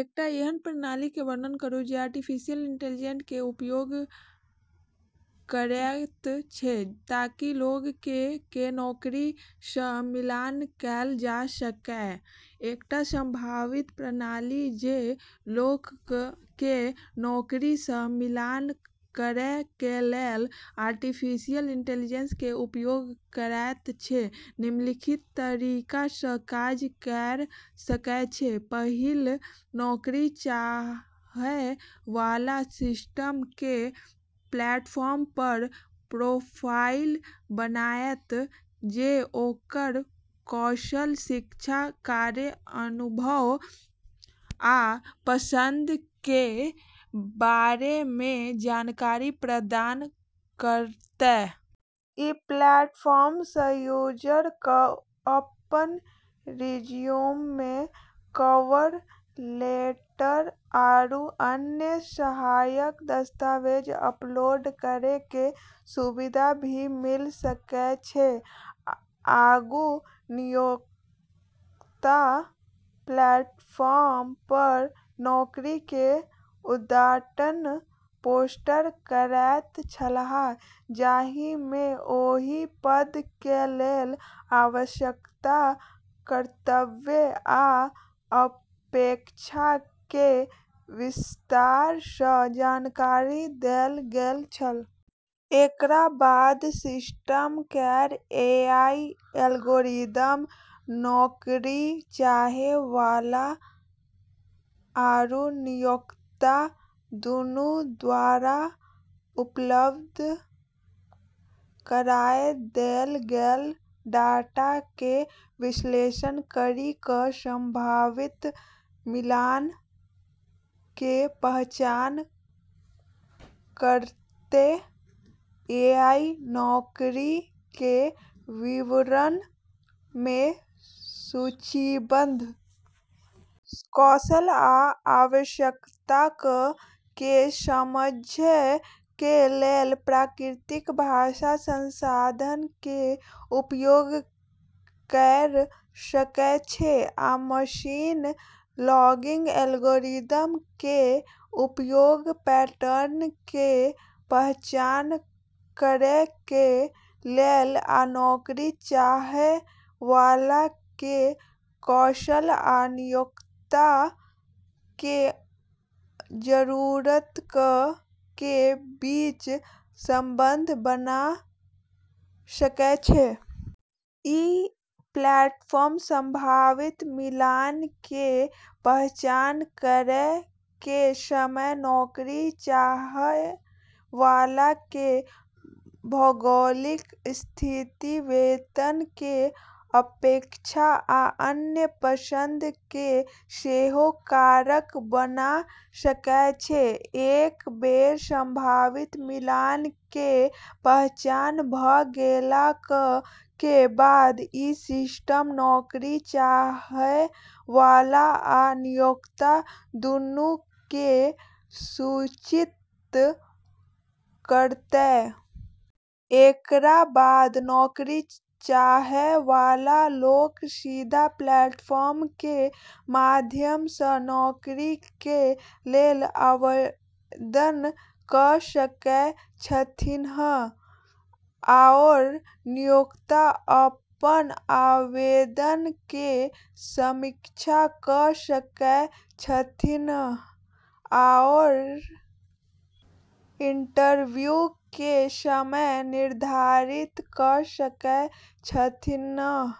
एकटा एहन प्रणाली के वर्णन करूं जे आर्टिफिशियल इंटेलिजेंस के उपयोग करएयत छै ताकि लोगक के नौकरी सं मिलान कैल जा सकएय। एकटा संभावित प्रणाली जे लोगक के नौकरी सं मिलान करय के लेल आर्टिफिशियल इंटेलिजेंस के उपयोग करयत छै, निम्नलिखित तरीका सं काज कयर सकय छै: पहिल, नौकरी चाहय वाला सिस्टम के प्लेटफॉर्म पर प्रोफाइल बनायत, जे ओकर कौशल, शिक्षा, कार्य अनुभव, आ पसंद के बारे मे जानकारी प्रदान करतय। ई प्लेटफॉर्म स यूजर क अपन रिज्यूमे, कवर लेटर आरू अन्य सहायक दस्तावेज अपलोड करै के सुविधा भी मिल सकै छै। आगू नियोक्ता प्लेटफार्म पर नौकरी के उद्घाटन पोस्ट करैत छलाह, जाहि मे ओहि पद के लेल आवश्यकता, कर्तव्य, आ अपेक्षा के विस्तार सं जानकारी देल गेल छल। एकरा बाद सिस्टम केर एआई एल्गोरिदम नौकरी चाहै वाला आरू नियोक्ता दूनू द्वारा उपलब्ध कराय देल गेल डाटा के विश्लेषण करी क संभावित मिलान के पहचान करतै। एआई नौकरी के विवरण मे सूचीबद्ध कौशल आ आवश्यकताक के समझय के लेल प्राकृतिक भाषा संसाधन के उपयोग कयर सकय छै, आ मशीन लर्निंग एल्गोरिदम के उपयोग पैटर्न के पहचान करय के लेल आ नौकरी चाहय वाला के कौशल आ नियोक्ता के जरूरतक के बीच संबंध बना सकय छै। इ प्लेटफॉर्म संभावित मिलान के पहचान करय के समय नौकरी चाहय वाला के भौगोलिक स्थिति, वेतन के अपेक्षा, आ अन्य पसंद के सेहो कारक बना सकय छै। एक बेर संभावित मिलान के पहचान भ गेलाक के बाद इ सिस्टम नौकरी चाहय वाला आ नियोक्ता दूनू के सूचित करतय। एकरा बाद नौकरी चाहय वाला लोक सीधा प्लेटफॉर्म के माध्यम सं नौकरी के लेल आवेदन क सकय छथिन्ह, आओर नियोक्ता अपन आवेदन के समीक्षा क सकय छथिन्ह आओर इंटरव्यू के समय निर्धारित क सकय छथिन्ह।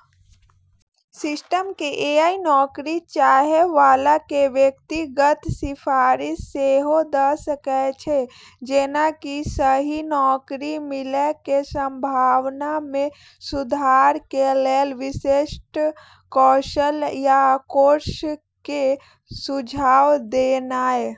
सिस्टम के एआई नौकरी चाहय वाला के व्यक्तिगत सिफारिश सेहो द सकय छै, जेना कि सही नौकरी मिलय के संभावना मे सुधार के लेल विशिष्ट कौशल या कोर्स के सुझाव देनाय।